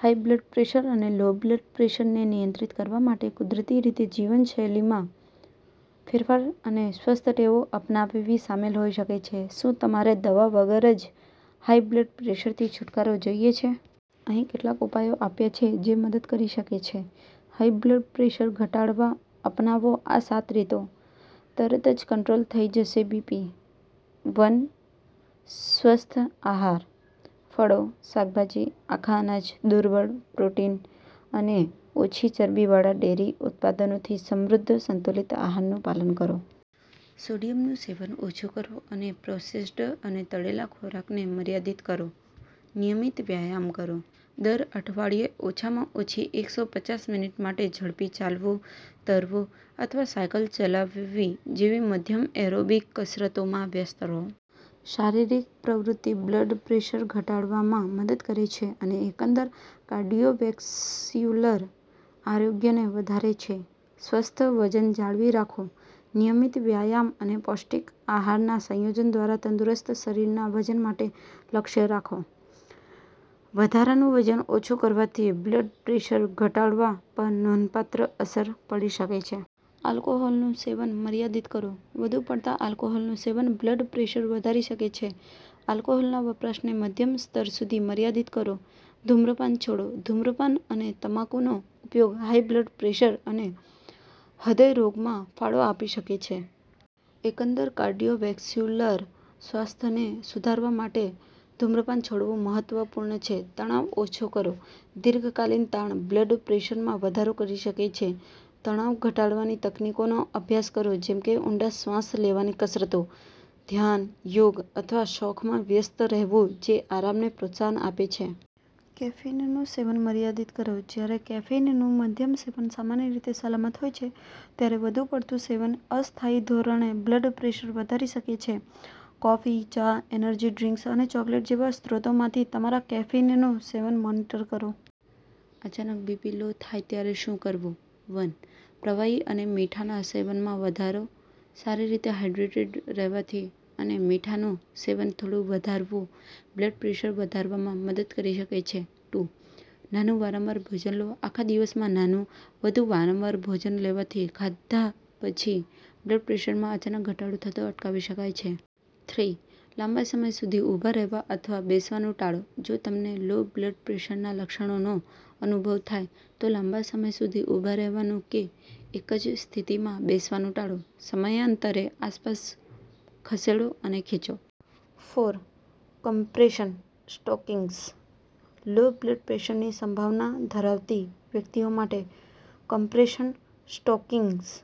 High blood pressure અને low blood pressure ને નિયંત્રિત કરવા માટે કુદરતી રીતે જીવનશૈલીમાં ફેરફાર અને સ્વસ્થ ટેવો અપનાવવી સામેલ હોઈ શકે છે. શું તમારે દવા વગર જ હાઈ બ્લડ પ્રેશરથી છૂટકારો જોઈએ છે? અહીં કેટલાક ઉપાયો આપ્યા છે જે મદદ કરી શકે છે: હાઈ બ્લડ પ્રેશર ઘટાડવા અપનાવો આ સાત રીતો, તરત જ કંટ્રોલ થઈ જશે બીપી. વન. સ્વસ્થ આહાર: ફળો, શાકભાજી, આખા અનાજ, દુર્બળ પ્રોટીન અને ઓછી ચરબીવાળા ડેરી ઉત્પાદનોથી સમૃદ્ધ સંતુલિત આહારનું પાલન કરો. સોડિયમ નું સેવન ઓછું કરો અને પ્રોસેસ્ડ અને તળેલા ખોરાકને મર્યાદિત કરો. નિયમિત વ્યાયામ કરો: દર અઠવાડિયે ઓછામાં ઓછી એક સો પચાસ મિનિટ માટે ઝડપી ચાલવું, તરવું અથવા સાયકલ ચલાવવી જેવી મધ્યમ એરોબિક કસરતોમાં વ્યસ્ત રહો. શારીરિક પ્રવૃત્તિ બ્લડ પ્રેશર ઘટાડવામાં મદદ કરે છે અને એકંદર કાર્ડિયોવેસ્ક્યુલર આરોગ્યને સુધારે છે. સ્વસ્થ વજન જાળવી રાખો: નિયમિત વ્યાયામ અને પૌષ્ટિક આહારના સંયોજન દ્વારા તંદુરસ્ત શરીરના વજન માટે લક્ષ્ય રાખો. વધારાનું વજન ઓછું કરવાથી બ્લડ પ્રેશર ઘટાડવા પર નોંધપાત્ર અસર પડી શકે છે. આલ્કોહોલનું સેવન મર્યાદિત કરો: વધુ પડતા આલ્કોહોલનું સેવન બ્લડ પ્રેશર વધારી શકે છે. આલ્કોહોલના વપરાશને મધ્યમ સ્તર સુધી મર્યાદિત કરો. ધૂમ્રપાન છોડો: ધૂમ્રપાન અને તમાકુનો ઉપયોગ હાઈ બ્લડ પ્રેશર અને હૃદય રોગમાં ફાળો આપી શકે છે. એકંદર કાર્ડિયોવેસ્ક્યુલર સ્વાસ્થ્યને સુધારવા માટે ધૂમ્રપાન છોડવું મહત્વપૂર્ણ છે. તણાવ ઓછો કરો: દીર્ઘકાલીન તાણ બ્લડ પ્રેશરમાં વધારો કરી શકે છે. તણાવ-ઘટાડવાની તકનીકોનો અભ્યાસ કરો જેમ કે ઊંડા શ્વાસ લેવાની કસરતો, ધ્યાન, યોગ અથવા શોખમાં વ્યસ્ત રહેવું જે આરામને પ્રોત્સાહન આપે છે. કેફીનનું સેવન મર્યાદિત કરો: જ્યારે કેફીનનું મધ્યમ સેવન સામાન્ય રીતે સલામત હોય છે, ત્યારે વધુ પડતું સેવન અસ્થાયી ધોરણે બ્લડ પ્રેશર વધારી શકે છે. કોફી, ચા, એનર્જી ડ્રિંક્સ અને ચોકલેટ જેવા સ્ત્રોતોમાંથી તમારા કેફીનનું સેવન મોનિટર કરો. અચાનક બીપી લો થાય ત્યારે શું કરવું? વન. પ્રવાહી અને મીઠાના સેવનમાં વધારો: સારી રીતે હાઇડ્રેટેડ રહેવાથી અને મીઠાનું સેવન થોડું વધારવું બ્લડ પ્રેશર વધારવામાં મદદ કરી શકે છે. ટુ. નાનું, વારંવાર ભોજન લો: આખા દિવસમાં નાનું, વધુ વારંવાર ભોજન લેવાથી ખાધા પછી બ્લડ પ્રેશરમાં અચાનક ઘટાડો થતો અટકાવી શકાય છે. થ્રી. લાંબા સમય સુધી ઊભા રહેવા અથવા બેસવાનું ટાળો: જો તમને લો બ્લડ પ્રેશરનાં લક્ષણોનો અનુભવ થાય, તો લાંબા સમય સુધી ઊભા રહેવાનું કે એક જ સ્થિતિમાં બેસવાનું ટાળો. સમયાંતરે આસપાસ ખસેડો અને ખેંચો. Four. Compression stockings: low blood પ્રેશરની સંભાવના ધરાવતી વ્યક્તિઓ માટે, કમ્પ્રેશન સ્ટોકિંગ્સ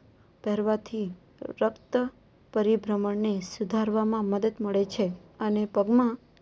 પહેરવાથી રક્ત પરિભ્રમણને સુધારવામાં મદદ મળે છે અને પગમાં